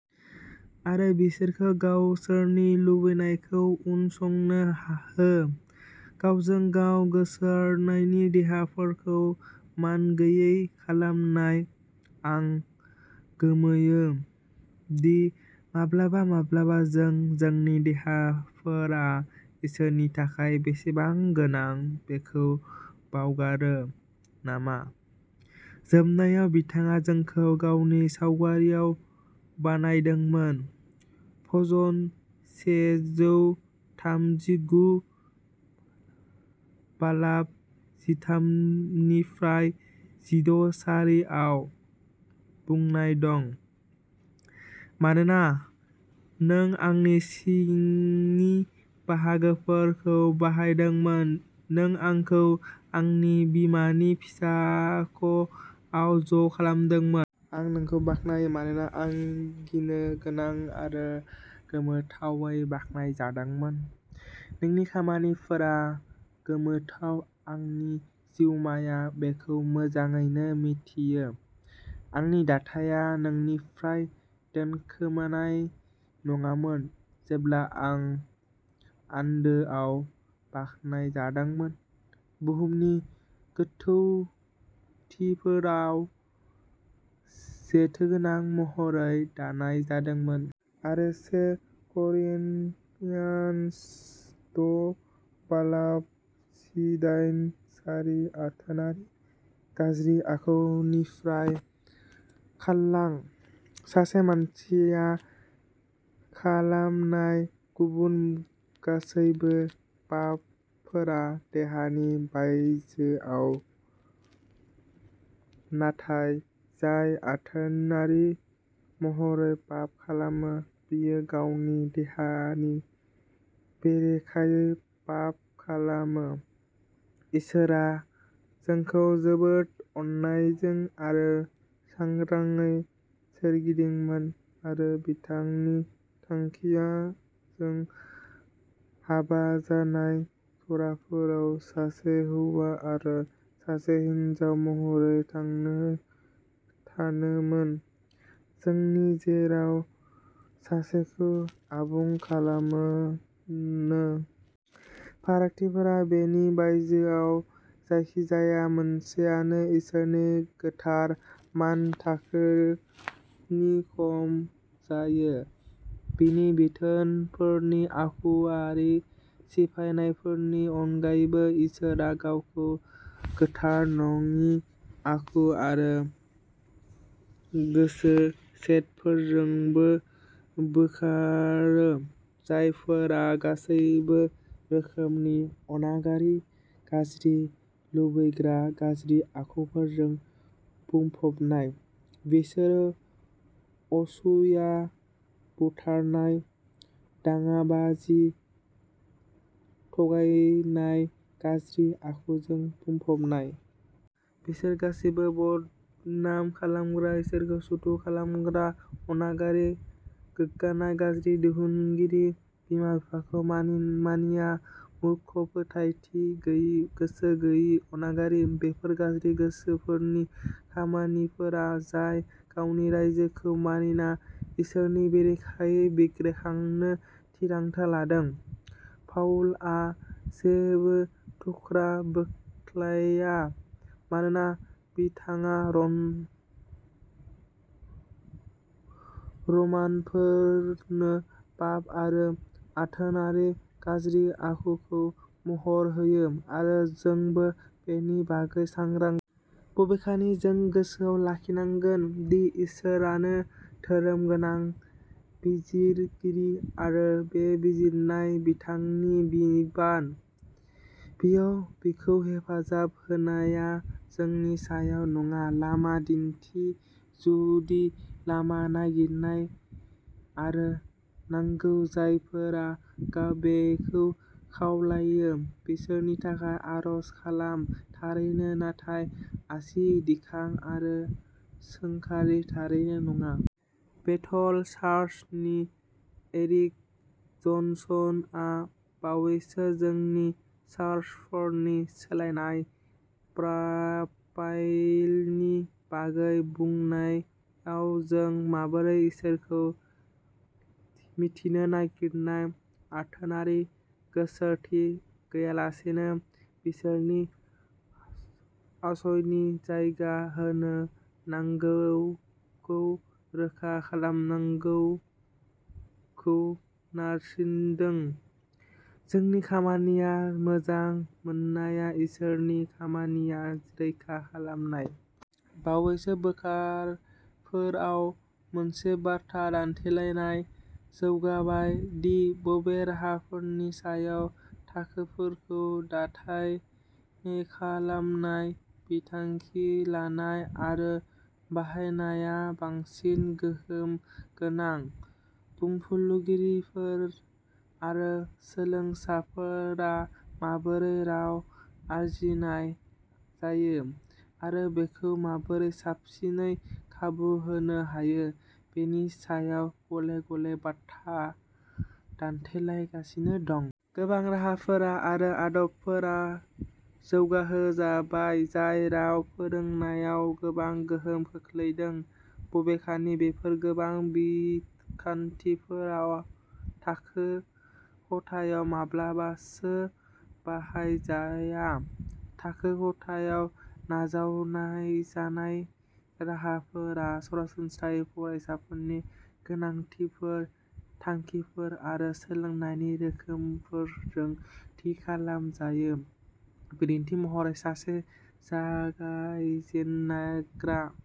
आरो बिसोरखौ गावसोरनि लुबैनायखौ उनसंनो हो गावजों गाव गावसोरनि देहाफोरखौ मानगैयै खालामनाय। आं गोमोयो दि माब्लाबा माब्लाबा जों जोंनि देहाफोरा इसोरनि थाखाय बेसेबां गोनां बेखौ बावगारो नामा? जोबनायाव बिथाङा जोंखौ गावनि सावगारिआव बानायदोंमोन भजन सेजौ थामजिगु बालाब जिथामनिफ्राइ जिद’ सारि आव बुंनाय दं मानोना नों आंनि सिंनि बाहागोफोरखौ बानायदोंमोन नों आंखौ आंनि बिमानि फिसाख'आव ज' खालामदोंमोन। आं नोंखौ बाख्नायो, मानोना आं गिनो गोनां आरो गोमोथावै बानायजादोंमोन। नोंनि खामानिफोरा गोमोथाव आंनि जिउमाया बेखौ मोजाङैनो मिथियो। आंनि दाथाया नोंनिफ्राय दोनखोमानाय नङामोन जेब्ला आं आन्दोआव बानायजादोंमोन, बुहुमनि गोथौथिफोराव जेथोगोनां महरै दानाय जादोंमोन'। आरो से करिन्थियान्स द’ बालाब जिदाइन सारि आथोनारि गाज्रि आखुनिफ्राय खारलां। सासे मानसिया खालामनाय गुबुन गासैबो पापफोरा देहानि बायजोआव, नाथाय जाय आथोनारि महरै पाप खालामो, बियो गावनि देहानि बेरेखायै फाफ खालामो। इसोरआ जोंखौ जोबोद अननायजों आरो सांग्राङै सोरजिदोंमोन आरो बिथांनि थांखिया जों हाबा जानाय जराफोराव सासे हौवा आरो सासे हिनजाव महरै थांना थानोमोन, जोंनि गेजेराव सासेखौ आबुं खालामनो। फारागथिफोर। बेनि बायजोआव जायखिजाया मोनसेआनो इसोरनि गोथार मानथाखोनि खम जायो। बिनि बिथोनफोरनि आखुयारि सिफायनायफोरनि अनगायैबो, इसोरआ गावखौ गोथार नङि आखु आरो गोसो सेटफोरजोंबो बोखारो, जायफोरा'गासैबो रोखोमनि अनागारि, गाज्रि, लुबैग्रा, गाज्रि आखुफोरजों बुंफबनाय। बिसोर असुया, बुथारनाय, दाङाबाजि, थगायनाय, गाज्रि आखुजों बुंफबनाय। बिसोर गासिबो, बदनाम खालामग्रा, इसोरखौ सुथुर खालामग्रा, अनागारि, गोग्गानाय, गाज्रिनि दिहुनगिरि बिमा-बिफाखौ मानिया, मुर्ख फोथायथि गैयै, गोसो गैयै, अनागारि। बेफोरो गाज्रि गोसोफोर'नि खामानिफोर जाय गावनि रायजोखौ मानिना इसोरनि बेरेखायै बिग्रायखांनो थिरांथा लादों। पाउलआ जेबो थुख्रा बोख्लाया मानोना बिथाङा रमानफोरनो पाप आरो आथोनारि गाज्रि आखुखौ महर होयो आरो जोंबो बेनि बागै सांग्रां जानांगौ। बबेखानि, जों गोसोआव लाखिनांगोन दि इसोरानो धोरोमगोनां बिजिरगिरि आरो बे बिजिरनाया बिथांनिनो बिबान। बेयाव बिखौ हेफाजाब होनाया जोंनि सायाव नङा लामा दिन्थि जुदि लामा नागिरनाय जायो नंगौ जायफोरा बेखौ खावलायो, बिसोरनि थाखाय आर'ज खालाम थारैनो नाथाय आसि दिखां आरो सोंखारि थारैनो नङा। बेथेल चार्चनि एरिक जनसनआ, बावैसो जोंनि चार्चफोरनि सोलायनाय प्रफाइलनि बागै बुंनायाव, जों माबोरै इसोरखौ मिन्थिनो नागिरनाय आथोनारि गोसोथि गैयालासेनो, बिसोरखौ आश्रयनि जायगा होनो नांगौखौ रोखा खालामनांगौखौ नारसिनदों। जोंनि खामानिया मोजां मोननाया, इसोरनि खामानिया रैखा खालामनाय। बावैसो बोसोरफोराव मोनसे बाथ्रा दान्थेलायनाय जौगाबाय दि बबे राहाफोरनि सायाव थाखोफोरखौ दाथाय खालामनाय, बिथांखि लानाय आरो बाहायनाया बांसिन गोहोम गोनां। बुंफुरलुगिरिफोर आरो सोलोंसाफोरा माबोरै राव आरजिनाय जायो आरो बेखौ माबोरै साबसिनै खाबु होनो हायो बेनि सायाव गले गले बाथ्रा दान्थेलायगासिनो दं। गोबां राहाफोर आरो आदबफोर जौगाहोजाबाय जाय राव फोरोंनायाव गोबां गोहोम खोख्लैदों, बबेखानि बेफोर गोबां बिखान्थिफोरा थाखो खथायाव माब्लाबासो बाहायजाया। थाखो खथायाव नाजावजानाय राहाफोरा सरासनस्रायै फरायसाफोरनि गोनांथिफोर, थांखिफोर आरो सोलोंनायनि रोखोमफोरजों थि खालामजायो। बिदिन्थि महरै सासे जागायजेनग्रा।